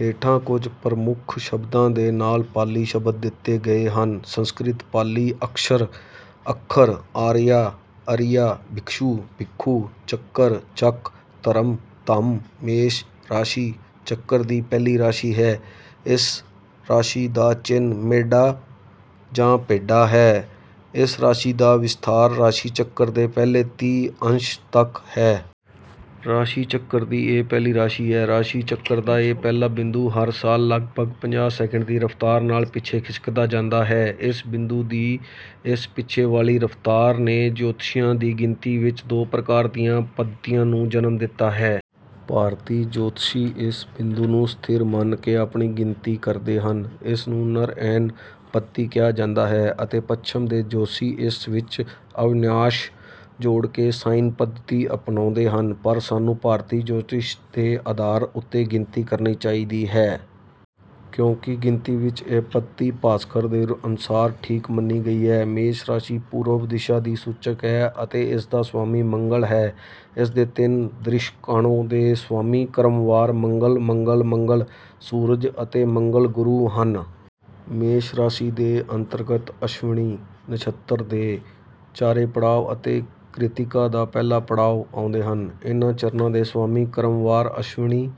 ਹੇਠਾਂ ਕੁੱਝ ਪ੍ਰਮੁੱਖ ਸ਼ਬਦਾਂ ਦੇ ਨਾਲ ਪਾਲੀ ਸ਼ਬਦ ਦਿੱਤੇ ਗਏ ਹਨ। ਸੰਸਕ੍ਰਿਤ ਪਾਲੀ ਅਕਸ਼ਰ ਅੱਖਰ ਆਰੀਆ ਅਰਿਯ ਭਿਕਸ਼ੂ ਭਿੱਖੁ ਚੱਕਰ ਚੱਕ ਧਰਮ ਧੰਮ। ਮੇਸ਼ ਰਾਸ਼ੀ ਚੱਕਰ ਦੀ ਪਹਿਲੀ ਰਾਸ਼ੀ ਹੈ ਇਸ ਰਾਸ਼ੀ ਦਾ ਚਿੰਨ੍ਹ ਮੇਢਾ ਜਾਂ ਭੇਡਾ ਹੈ ਇਸ ਰਾਸ਼ੀ ਦਾ ਵਿਸਥਾਰ ਰਾਸ਼ੀ ਚੱਕਰ ਦੇ ਪਹਿਲੇ ਤੀਹ ਅੰਸ਼ ਤੱਕ ਹੈ। ਰਾਸ਼ੀ ਚੱਕਰ ਦੀ ਇਹ ਪਹਿਲੀ ਰਾਸ਼ੀ ਹੈ। ਰਾਸ਼ੀ ਚੱਕਰ ਦਾ ਇਹ ਪਹਿਲਾ ਬਿੰਦੂ ਹਰ ਸਾਲ ਲਗਭੱਗ ਪੰਜਾਹ ਸੈਕੰਡ ਦੀ ਰਫਤਾਰ ਨਾਲ ਪਿੱਛੇ ਖਿਸਕਦਾ ਜਾਂਦਾ ਹੈ। ਇਸ ਬਿੰਦੂ ਦੀ ਇਸ ਪਿੱਛੇ ਵਾਲੀ ਰਫਤਾਰ ਨੇ ਜੋਤਿਸ਼ੀਆਂ ਦੀ ਗਿਣਤੀ ਵਿੱਚ ਦੋ ਪ੍ਰਕਾਰ ਦੀਆਂ ਪੱਧਤੀਆਂ ਨੂੰ ਜਨਮ ਦਿੱਤਾ ਹੈ। ਭਾਰਤੀ ਜੋਤਿਸ਼ੀ ਇਸ ਬਿੰਦੂ ਨੂੰ ਸਥਿਰ ਮੰਨ ਕੇ ਆਪਣੀ ਗਿਣਤੀ ਕਰਦੇ ਹਨ। ਇਸਨੂੰ ਨਿਰਇਣ ਪੱਧਤੀ ਕਿਹਾ ਜਾਂਦਾ ਹੈ। ਅਤੇ ਪੱਛਮ ਦੇ ਜੋਤਿਸ਼ੀ ਇਸ ਵਿੱਚ ਅਯਨਾਂਸ਼ ਜੋੜ ਕੇ ਸਾਇਨ ਪੱਧਤੀ ਅਪਣਾਉਂਦੇ ਹਨ। ਪਰ ਸਾਨੂੰ ਭਾਰਤੀ ਜੋਤਿਸ਼ ਦੇ ਆਧਾਰ ਉੱਤੇ ਗਿਣਤੀ ਕਰਨੀ ਚਾਹੀਦੀ ਹੈ। ਕਿਉਂਕਿ ਗਿਣਤੀ ਵਿੱਚ ਇਹ ਪੱਧਤੀ ਭਾਸਕਰ ਦੇ ਅਨੁਸਾਰ ਠੀਕ ਮੰਨੀ ਗਈ ਹੈ। ਮੇਸ਼ ਰਾਸ਼ੀ ਪੂਰਬ ਦਿਸ਼ਾ ਦੀ ਸੂਚਕ ਹੈ ਅਤੇ ਇਸਦਾ ਸਵਾਮੀ ਮੰਗਲ ਹੈ। ਇਸਦੇ ਤਿੰਨ ਦਰੇਸ਼ਕਾਣੋਂ ਦੇ ਸਵਾਮੀ ਕ੍ਰਮਵਾਰ ਮੰਗਲ ਮੰਗਲ ਮੰਗਲ ਸੂਰਜ ਅਤੇ ਮੰਗਲ ਗੁਰੂ ਹਨ। ਮੇਸ਼ ਰਾਸ਼ੀ ਦੇ ਅੰਤਰਗਤ ਅਸ਼ਵਿਨੀ ਨਛੱਤਰ ਦੇ ਚਾਰੇ ਪੜਾਅ ਅਤੇ ਕ੍ਰਿਤਿਕਾ ਦਾ ਪਹਿਲਾ ਪੜਾਅ ਆਉਂਦੇ ਹਨ। ਇਨ੍ਹਾਂ ਚਰਣਾਂ ਦੇ ਸਵਾਮੀ ਕ੍ਰਮਵਾਰ ਅਸ਼ਵਿਨੀ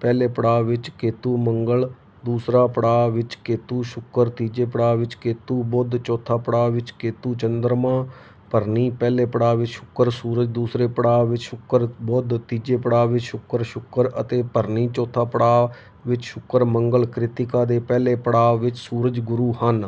ਪਹਿਲੇ ਪੜਾਅ ਵਿੱਚ ਕੇਤੁ ਮੰਗਲ ਦੂਸਰਾ ਪੜਾਅ ਵਿੱਚ ਕੇਤੁ ਸ਼ੁਕਰ ਤੀਜੇ ਪੜਾਅ ਵਿੱਚ ਕੇਤੁ ਬੁੱਧ ਚੌਥਾ ਪੜਾਅ ਵਿੱਚ ਕੇਤੁ ਚੰਦਰਮਾ ਭਰਨੀ ਪਹਿਲੇ ਪੜਾਅ ਵਿੱਚ ਸ਼ੁਕਰ ਸੂਰਜ ਦੂਸਰੇ ਪੜਾਅ ਵਿੱਚ ਸ਼ੁਕਰ ਬੁੱਧ ਤੀਜੇ ਪੜਾਅ ਵਿੱਚ ਸ਼ੁਕਰ ਸ਼ੁਕਰ ਅਤੇ ਭਰਨੀ ਚੌਥਾ ਪੜਾਅ ਵਿੱਚ ਸ਼ੁਕਰ ਮੰਗਲ ਕ੍ਰਿਤਿਕਾ ਦੇ ਪਹਿਲੇ ਪੜਾਅ ਵਿੱਚ ਸੂਰਜ ਗੁਰੂ ਹਨ।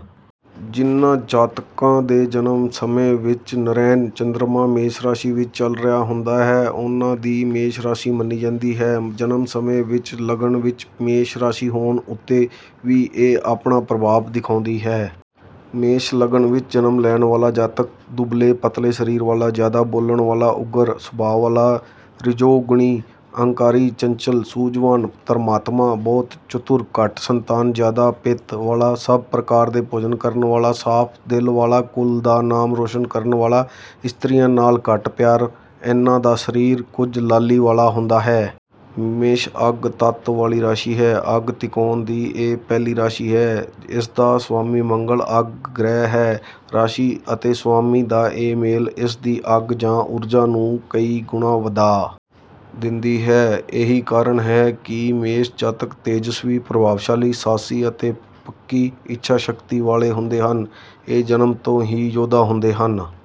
ਜਿਨ੍ਹਾਂ ਜਾਤਕਾਂ ਦੇ ਜਨਮ ਸਮੇਂ ਵਿੱਚ ਨਿਰਇਣ ਚੰਦਰਮਾ ਮੇਸ਼ ਰਾਸ਼ੀ ਵਿੱਚ ਚਲ ਰਿਹਾ ਹੁੰਦਾ ਹੈ ਉਨ੍ਹਾਂ ਦੀ ਮੇਸ਼ ਰਾਸ਼ੀ ਮੰਨੀ ਜਾਂਦੀ ਹੈ ਜਨਮ ਸਮੇਂ ਵਿੱਚ ਲਗਨ ਵਿੱਚ ਮੇਸ਼ ਰਾਸ਼ੀ ਹੋਣ ਉੱਤੇ ਵੀ ਇਹ ਆਪਣਾ ਪ੍ਰਭਾਵ ਦਿਖਾਉਂਦੀ ਹੈ। ਮੇਸ਼ ਲਗਨ ਵਿੱਚ ਜਨਮ ਲੈਣ ਵਾਲਾ ਜਾਤਕ ਦੁਬਲੇ ਪਤਲੇ ਸਰੀਰ ਵਾਲਾ ਜਿਆਦਾ ਬੋਲਣ ਵਾਲਾ ਉਗਰ ਸੁਭਾਅ ਵਾਲਾ ਰਜੋਗੁਣੀ ਅਹੰਕਾਰੀ ਚੰਚਲ ਸੂਝਵਾਨ ਧਰਮਾਤਮਾ ਬਹੁਤ ਚਤੁਰ ਘੱਟ ਸੰਤਾਨ ਜਿਆਦਾ ਪਿੱਤ ਵਾਲਾ ਸਭ ਪ੍ਰਕਾਰ ਦੇ ਭੋਜਨ ਕਰਨ ਵਾਲਾ ਸਾਫ ਦਿਲ ਵਾਲਾ ਕੁਲ ਦਾ ਨਾਮ ਰੌਸ਼ਨ ਕਰਨ ਵਾਲਾ ਇਸਤਰੀਆਂ ਨਾਲ ਘੱਟ ਪਿਆਰ ਇਨ੍ਹਾਂ ਦਾ ਸਰੀਰ ਕੁੱਝ ਲਾਲੀ ਵਾਲਾ ਹੁੰਦਾ ਹੈ। ਮੇਸ਼ ਅੱਗ ਤੱਤ ਵਾਲੀ ਰਾਸ਼ੀ ਹੈ ਅੱਗ ਤਿਕੋਣ ਦੀ ਇਹ ਪਹਿਲੀ ਰਾਸ਼ੀ ਹੈ ਇਸਦਾ ਸਵਾਮੀ ਮੰਗਲ ਅੱਗ ਗ੍ਰਹਿ ਹੈ ਰਾਸ਼ੀ ਅਤੇ ਸਵਾਮੀ ਦਾ ਇਹ ਮੇਲ ਇਸਦੀ ਅੱਗ ਜਾਂ ਊਰਜਾ ਨੂੰ ਕਈ ਗੁਣਾ ਵਧਾ ਦਿੰਦੀ ਹੈ ਇਹੀ ਕਾਰਨ ਹੈ ਕਿ ਮੇਸ਼ ਜਾਤਕ ਤੇਜਸਵੀ ਪ੍ਰਭਾਵਸ਼ਾਲੀ ਸਾਹਸੀ ਅਤੇ ਪੱਕੀ ਇੱਛਾ ਸ਼ਕਤੀ ਵਾਲੇ ਹੁੰਦੇ ਹਨ ਇਹ ਜਨਮ ਤੋਂ ਹੀ ਯੋਧਾ ਹੁੰਦੇ ਹਨ